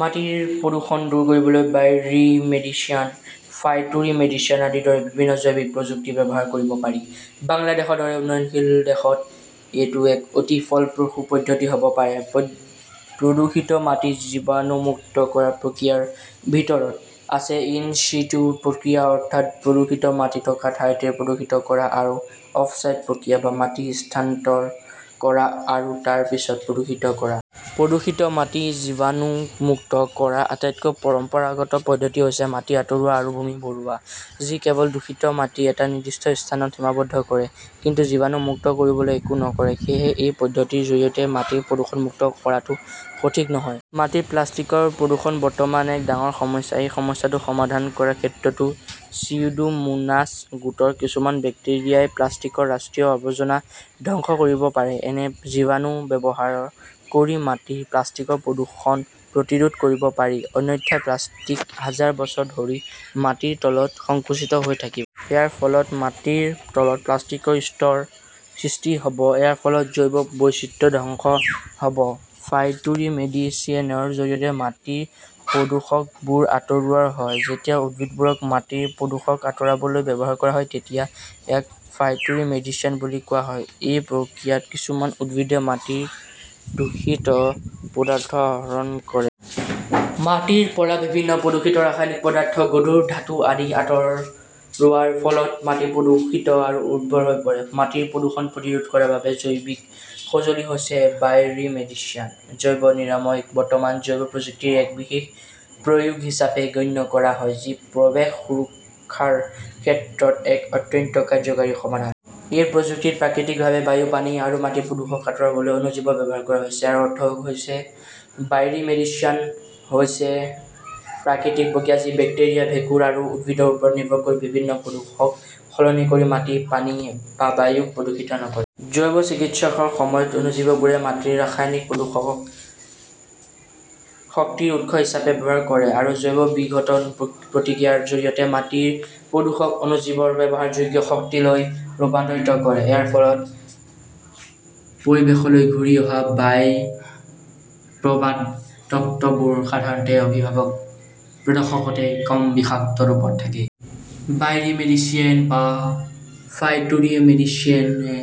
মাটিৰ প্ৰদূষণ দূৰ কৰিবলৈ বায়'ৰিমেডিশ্যন, ফাইটোৰিমেডিশ্যন আদিৰ দৰে বিভিন্ন জৈৱিক প্ৰযুক্তি ব্যৱহাৰ কৰিব পাৰি। বাংলাদেশৰ দৰে উন্নয়নশীল দেশত এইটো এক অতি ফলপ্ৰসূ পদ্ধতি হ'ব পাৰে। প্ৰদূষিত মাটি জীৱাণুমুক্ত কৰাৰ প্ৰক্ৰিয়াৰ ভিতৰত আছে ইন চিটু প্ৰক্ৰিয়া অৰ্থাৎ প্ৰদূষিত মাটি থকা ঠাইতে প্ৰদূষিত কৰা আৰু অফচাইট প্ৰক্ৰিয়া বা মাটি স্থানান্তৰ কৰা আৰু তাৰ পিছত প্ৰদূষিত কৰা। প্ৰদূষিত মাটি জীৱাণুমুক্ত কৰাৰ আটাইতকৈ পৰম্পৰাগত পদ্ধতি হৈছে মাটি আঁতৰোৱা আৰু ভূমি ভৰোৱা। যি কেৱল দূষিত মাটি এটা নিৰ্দিষ্ট স্থানত সীমাবদ্ধ কৰে, কিন্তু জীৱাণুমুক্ত কৰিবলৈ একো নকৰে। সেয়েহে, এই পদ্ধতিৰ জৰিয়তে মাটি প্ৰদূষণমুক্ত কৰাটো সঠিক নহয়। মাটিৰ প্লাষ্টিকৰ প্ৰদূষণ বৰ্তমান এক ডাঙৰ সমস্যা। এই সমস্যাটো সমাধান কৰাৰ ক্ষেত্ৰতো চিউডোমোনাছ গোটৰ কিছুমান বেক্টেৰিয়াই প্লাষ্টিকৰ ৰাষ্ট্ৰীয় আৱৰ্জনা ধ্বংস কৰিব পাৰে। এনে জীৱাণু ব্যৱহাৰ কৰি মাটিৰ প্লাষ্টিকৰ প্ৰদূষণ প্ৰতিৰোধ কৰিব পাৰি। অন্যথা প্লাষ্টিক হাজাৰ বছৰ ধৰি মাটিৰ তলত সংকুচিত হৈ থাকিব। ইয়াৰ ফলত মাটিৰ তলত প্লাষ্টিকৰ স্তৰ সৃষ্টি হ'ব, ইয়াৰ ফলত জৈৱ বৈচিত্ৰ্য ধ্বংস হ'ব। ফাইটোৰিমেডিয়েচনৰ জৰিয়তে মাটিৰ প্ৰদূষকবোৰ আঁতৰোৱা হয়। যেতিয়া উদ্ভিদবোৰক মাটিৰ প্ৰদূষক আঁতৰাবলৈ ব্যৱহাৰ কৰা হয়, তেতিয়া ইয়াক ফাইটোৰিমেডিশ্যন বুলি কোৱা হয়। এই প্ৰক্ৰিয়াত কিছুমান উদ্ভিদে মাটিৰ দূষিত পদাৰ্থ আহৰণ কৰে। মাটিৰ পৰা বিভিন্ন প্ৰদূষিত ৰাসায়নিক পদাৰ্থ, গধুৰ ধাতু আদি আঁতৰোৱাৰ ফলত মাটি প্ৰদূষিত আৰু উৰ্বৰ হৈ পৰে। মাটিৰ প্ৰদূষণ প্ৰতিৰোধ কৰাৰ বাবে জৈৱিক সঁজুলি হৈছে বায়'ৰিমেডিশ্যন। জৈৱ নিৰাময়ক বৰ্তমান জৈৱ প্ৰযুক্তিৰ এক বিশেষ প্ৰয়োগ হিচাপে গণ্য কৰা হয়, যি পৰিৱেশ সুৰক্ষাৰ ক্ষেত্ৰত এক অত্যন্ত কাৰ্যকৰী সমাধান। এই প্ৰযুক্তিত প্ৰাকৃতিকভাৱে বায়ু, পানী আৰু মাটি প্ৰদূষক আঁতৰাবলৈ অণুজীৱ ব্যৱহাৰ কৰা হয়। ইয়াৰ অৰ্থ হৈছে, বায়'ৰিমেডিশ্যন হৈছে এক প্ৰাকৃতিক প্ৰক্ৰিয়া যি বেক্টেৰিয়া, ভেঁকুৰ আৰু উদ্ভিদৰ ওপৰত নিৰ্ভৰ কৰি বিভিন্ন প্ৰদূষক সলনি কৰি মাটি, পানী বা বায়ুক প্ৰদূষিত নকৰে। জৈৱ-চিকিৎসাৰ সময়ত অণুজীৱবোৰে মাটিৰ ৰাসায়নিক প্ৰদূষকক শক্তিৰ উৎস হিচাপে ব্যৱহাৰ কৰে আৰু জৈৱ-বিঘটন প্ৰতিক্ৰিয়াৰ জৰিয়তে মাটিৰ প্ৰদূষকক অণুজীৱৰ ব্যৱহাৰযোগ্য শক্তিলৈ ৰূপান্তৰিত কৰে। ইয়াৰ ফলত পৰিৱেশলৈ ঘূৰি অহা বাই প্ৰডাক্টবোৰ সাধাৰণতে অভিভাৱক প্ৰদূষকতকৈ কম বিষাক্ত ৰূপত থাকে। বায়'ৰিমেডিয়েচন বা ফাইটোৰিমেডিয়েচনে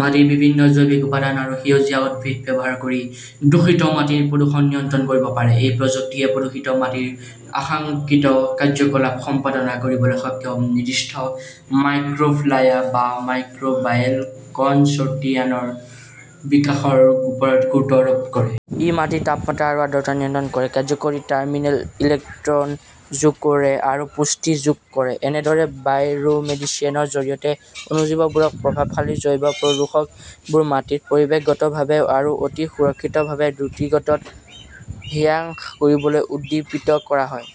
মাটিৰ বিভিন্ন জৈৱিক উপাদান আৰু সেউজীয়া উদ্ভিদ ব্যৱহাৰ কৰি দূষিত মাটিৰ প্ৰদূষণ নিয়ন্ত্ৰণ কৰিব পাৰে। এই প্ৰযুক্তিয়ে প্ৰদূষিত মাটিৰ আকাংক্ষিত কাৰ্য্যকলাপ সম্পাদন কৰিবলৈ সক্ষম নিৰ্দিষ্ট মাইক্ৰ'ফ্লায়া বা মাইক্ৰ'বায়েল কনচৰ্টিয়ামৰ বিকাশৰ ওপৰত গুৰুত্ব আৰোপ কৰে। ই মাটিৰ তাপমাত্ৰা আৰু আৰ্দ্ৰতা নিয়ন্ত্ৰণ কৰে, কাৰ্যকৰী টাৰ্মিনেল ইলেক্ট্ৰন যোগ কৰে আৰু পুষ্টি যোগ কৰে। এনেদৰে বায়'ৰিমেডিশ্যনৰ জৰিয়তে অণুজীৱবোৰক প্ৰভাৱশালী জৈৱ প্ৰদূষকবোৰ মাটিত পৰিৱেশগতভাৱে আৰু অতি সুৰক্ষিতভাৱে দ্ৰুতগতিত হ্ৰাস কৰিবলৈ উদ্দীপিত কৰা হয়।